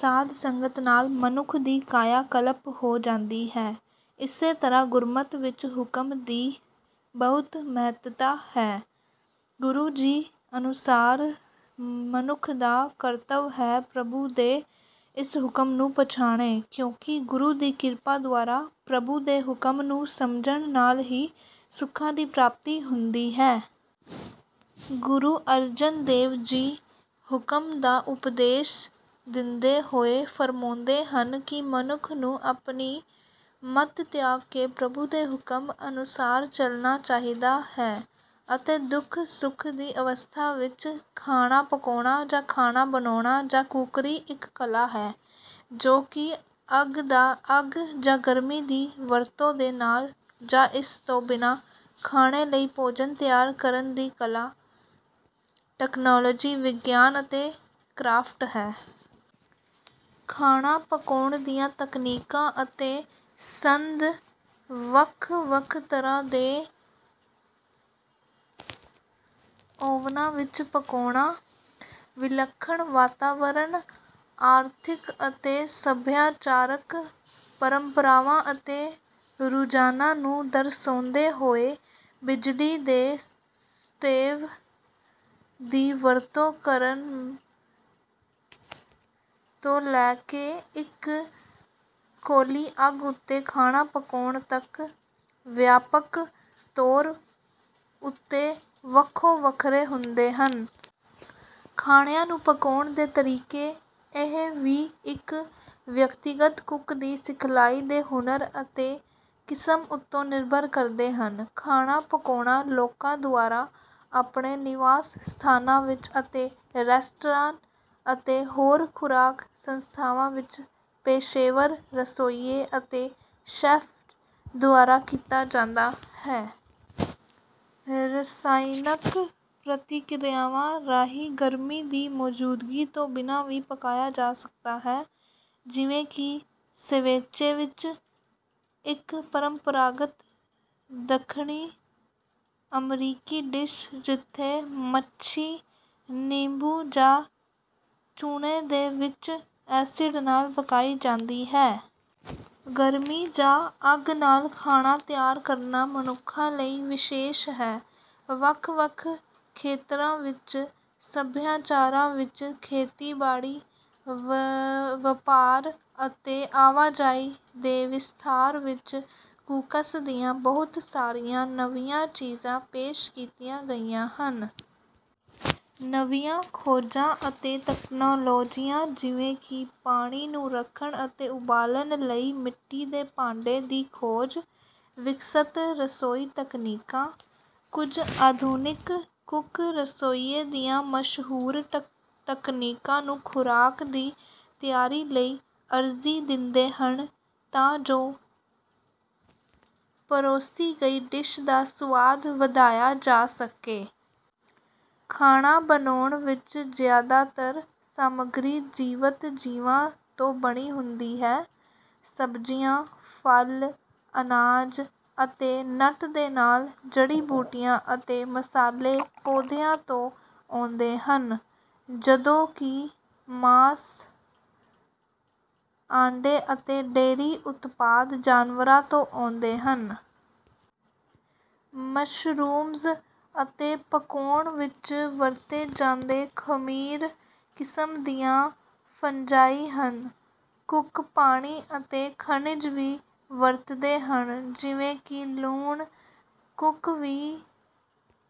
ਸਾਧ ਸੰਗਤ ਨਾਲ ਮਨੁੱਖ ਦੀ ਕਾਇਆ ਕਲਪ ਹੋ ਜਾਂਦੀ ਹੈ। ਇਸੇ ਤਰ੍ਹਾਂ ਗੁਰਮਤਿ ਵਿੱਚ ਹੁਕਮ ਦੀ ਬਹੁਤ ਮਹੱਤਤਾ ਹੈ। ਗੁਰੂ ਜੀ ਅਨੁਸਾਰ ਮਨੁੱਖ ਦਾ ਕਰਤੱਵ ਹੈ ਪ੍ਰਭੂ ਦੇ ਇਸ ਹੁਕਮ ਨੂੰ ਪਛਾਣੇ ਕਿਉਂਕਿ ਗੁਰੂ ਦੀ ਕਿਰਪਾ ਦੁਆਰਾ ਪ੍ਰਭੂ ਦੇ ਹੁਕਮ ਨੂੰ ਸਮਝਣ ਨਾਲ ਹੀ ਸੁੱਖਾਂ ਦੀ ਪ੍ਰਾਪਤੀ ਹੁੰਦੀ ਹੈ। ਗੁਰੂ ਅਰਜਨ ਦੇਵ ਜੀ ਹੁਕਮ ਦਾ ਉਪਦੇਸ਼ ਦਿੰਦੇ ਹੋਏ ਫਰਮਾਉਂਦੇ ਹਨ ਕਿ ਮਨੁੱਖ ਨੂੰ ਆਪਣੀ ਮਤ ਤਿਆਗ ਕੇ ਪ੍ਰਭੂ ਦੇ ਹੁਕਮ ਅਨੁਸਾਰ ਚਲਣਾ ਚਾਹੀਦਾ ਹੈ ਅਤੇ ਦੁੱਖ ਸੁੱਖ ਦੀ ਅਵਸਥਾ ਵਿੱਚ। ਖਾਣਾ ਪਕਾਉਣਾ ਜਾਂ ਖਾਣਾ ਬਣਾਉਣਾ ਜਾਂ ਕੁੱਕਰੀ ਇੱਕ ਕਲਾ ਹੈ, ਜੋ ਕਿ ਅੱਗ ਜਾਂ ਗਰਮੀ ਦੀ ਵਰਤੋਂ ਦੇ ਨਾਲ ਜਾਂ ਇਸ ਤੋਂ ਬਿਨਾਂ ਖਾਣੇ ਲਈ ਭੋਜਨ ਤਿਆਰ ਕਰਨ ਦੀ ਕਲਾ, ਤਕਨਾਲੋਜੀ, ਵਿਗਿਆਨ ਅਤੇ ਕਰਾਫਟ ਹੈ। ਖਾਣਾ ਪਕਾਉਣ ਦੀਆਂ ਤਕਨੀਕਾਂ ਅਤੇ ਸੰਦ ਵੱਖ ਵੱਖ ਤਰ੍ਹਾਂ ਦੇ ਓਵਨਾਂ ਵਿੱਚ ਪਕਾਉਣਾ, ਵਿਲੱਖਣ ਵਾਤਾਵਰਣ, ਆਰਥਿਕ ਅਤੇ ਸੱਭਿਆਚਾਰਕ ਪਰੰਪਰਾਵਾਂ ਅਤੇ ਰੁਝਾਨਾਂ ਨੂੰ ਦਰਸਾਉਂਦੇ ਹੋਏ, ਬਿਜਲੀ ਦੇ ਸਟੋਵ ਦੀ ਵਰਤੋਂ ਕਰਨ ਤੋਂ ਲੈ ਕੇ ਇੱਕ ਖੁੱਲ੍ਹੀ ਅੱਗ ਉੱਤੇ ਖਾਣਾ ਪਕਾਉਣ ਤੱਕ, ਵਿਆਪਕ ਤੌਰ ਉੱਤੇ ਵੱਖੋ ਵੱਖਰੇ ਹੁੰਦੇ ਹਨ। ਖਾਣਿਆਂ ਨੂੰ ਪਕਾਉਣ ਦੇ ਤਰੀਕੇ ਇਹ ਵੀ ਇੱਕ ਵਿਅਕਤੀਗਤ ਕੁੱਕ ਦੀ ਸਿਖਲਾਈ ਦੇ ਹੁਨਰ ਅਤੇ ਕਿਸਮ ਉੱਤੇ ਨਿਰਭਰ ਕਰਦੇ ਹਨ। ਖਾਣਾ ਪਕਾਉਣਾ ਲੋਕਾਂ ਦੁਆਰਾ ਆਪਣੇ ਨਿਵਾਸ ਸਥਾਨਾਂ ਵਿੱਚ ਅਤੇ ਰੈਸਤਰਾਂ ਅਤੇ ਹੋਰ ਖੁਰਾਕ ਸੰਸਥਾਵਾਂ ਵਿੱਚ ਪੇਸ਼ੇਵਰ ਰਸੋਈਏ ਅਤੇ ਸ਼ੈੱਫ਼ਜ਼ ਦੁਆਰਾ ਕੀਤਾ ਜਾਂਦਾ ਹੈ। ਰਸਾਇਣਕ ਪ੍ਰਤੀਕ੍ਰਿਆਵਾਂ ਰਾਹੀਂ ਗਰਮੀ ਦੀ ਮੌਜੂਦਗੀ ਤੋਂ ਬਿਨਾਂ ਵੀ ਪਕਾਇਆ ਜਾ ਸਕਦਾ ਹੈ, ਜਿਵੇਂ ਕਿ ਸੇਵੇਚੇ ਵਿੱਚ, ਇੱਕ ਪਰੰਪਰਾਗਤ ਦੱਖਣੀ ਅਮਰੀਕੀ ਡਿਸ਼, ਜਿੱਥੇ ਮੱਛੀ ਨਿੰਬੂ ਜਾਂ ਚੂਨੇ ਦੇ ਵਿੱਚ ਐਸਿਡ ਨਾਲ ਪਕਾਈ ਜਾਂਦੀ ਹੈ। ਗਰਮੀ ਜਾਂ ਅੱਗ ਨਾਲ ਖਾਣਾ ਤਿਆਰ ਕਰਨਾ ਮਨੁੱਖਾਂ ਲਈ ਵਿਸ਼ੇਸ਼ ਹੈ। ਵੱਖ ਵੱਖ ਖੇਤਰਾਂ ਵਿੱਚ ਸਭਿਆਚਾਰਾਂ ਵਿੱਚ ਖੇਤੀਬਾੜੀ, ਵਪਾਰ, ਅਤੇ ਆਵਾਜਾਈ ਦੇ ਵਿਸਥਾਰ ਵਿੱਚ ਕੁੱਕਸ ਦੀਆਂ ਬਹੁਤ ਸਾਰੀਆਂ ਨਵੀਆਂ ਚੀਜ਼ਾਂ ਪੇਸ਼ ਕੀਤੀਆਂ ਗਈਆਂ ਹਨ। ਨਵੀਆਂ ਖੋਜਾਂ ਅਤੇ ਤਕਨਾਲੋਜੀਆਂ, ਜਿਵੇਂ ਕਿ ਪਾਣੀ ਨੂੰ ਰੱਖਣ ਅਤੇ ਉਬਾਲਣ ਲਈ ਮਿੱਟੀ ਦੇ ਭਾਂਡੇ ਦੀ ਖੋਜ, ਵਿਕਸਤ ਰਸੋਈ ਤਕਨੀਕਾਂ। ਕੁਝ ਆਧੁਨਿਕ ਕੁੱਕ ਰਸੋਈਏ ਦੀਆਂ ਮਸ਼ਹੂਰ ਤਕਨੀਕਾਂ ਨੂੰ ਖੁਰਾਕ ਦੀ ਤਿਆਰੀ ਲਈ ਅਰਜ਼ੀ ਦਿੰਦੇ ਹਨ ਤਾਂ ਜੋ ਪਰੋਸੀ ਗਈ ਡਿਸ਼ ਦਾ ਸੁਆਦ ਵਧਾਇਆ ਜਾ ਸਕੇ। ਖਾਣਾ ਬਣਾਉਣ ਵਿੱਚ ਜ਼ਿਆਦਾਤਰ ਸਮੱਗਰੀ ਜੀਵਤ ਜੀਵਾਂ ਤੋਂ ਬਣੀ ਹੁੰਦੀ ਹੈ। ਸਬਜ਼ੀਆਂ, ਫਲ, ਅਨਾਜ ਅਤੇ ਨਟ ਦੇ ਨਾਲ ਜੜੀ ਬੂਟੀਆਂ ਅਤੇ ਮਸਾਲੇ ਪੌਦਿਆਂ ਤੋਂ ਆਉਂਦੇ ਹਨ, ਜਦੋਂ ਕਿ ਮਾਸ, ਆਂਡੇ ਅਤੇ ਡੇਅਰੀ ਉਤਪਾਦ ਜਾਨਵਰਾਂ ਤੋਂ ਆਉਂਦੇ ਹਨ। ਮਸ਼ਰੂਮਜ਼ ਅਤੇ ਪਕਾਉਣ ਵਿੱਚ ਵਰਤੇ ਜਾਂਦੇ ਖਮੀਰ ਕਿਸਮ ਦੀਆਂ ਫੰਜਾਈ ਹਨ। ਕੁੱਕ ਪਾਣੀ ਅਤੇ ਖਣਿਜ ਵੀ ਵਰਤਦੇ ਹਨ ਜਿਵੇਂ ਕਿ ਲੂਣ। ਕੁੱਕ ਵੀ...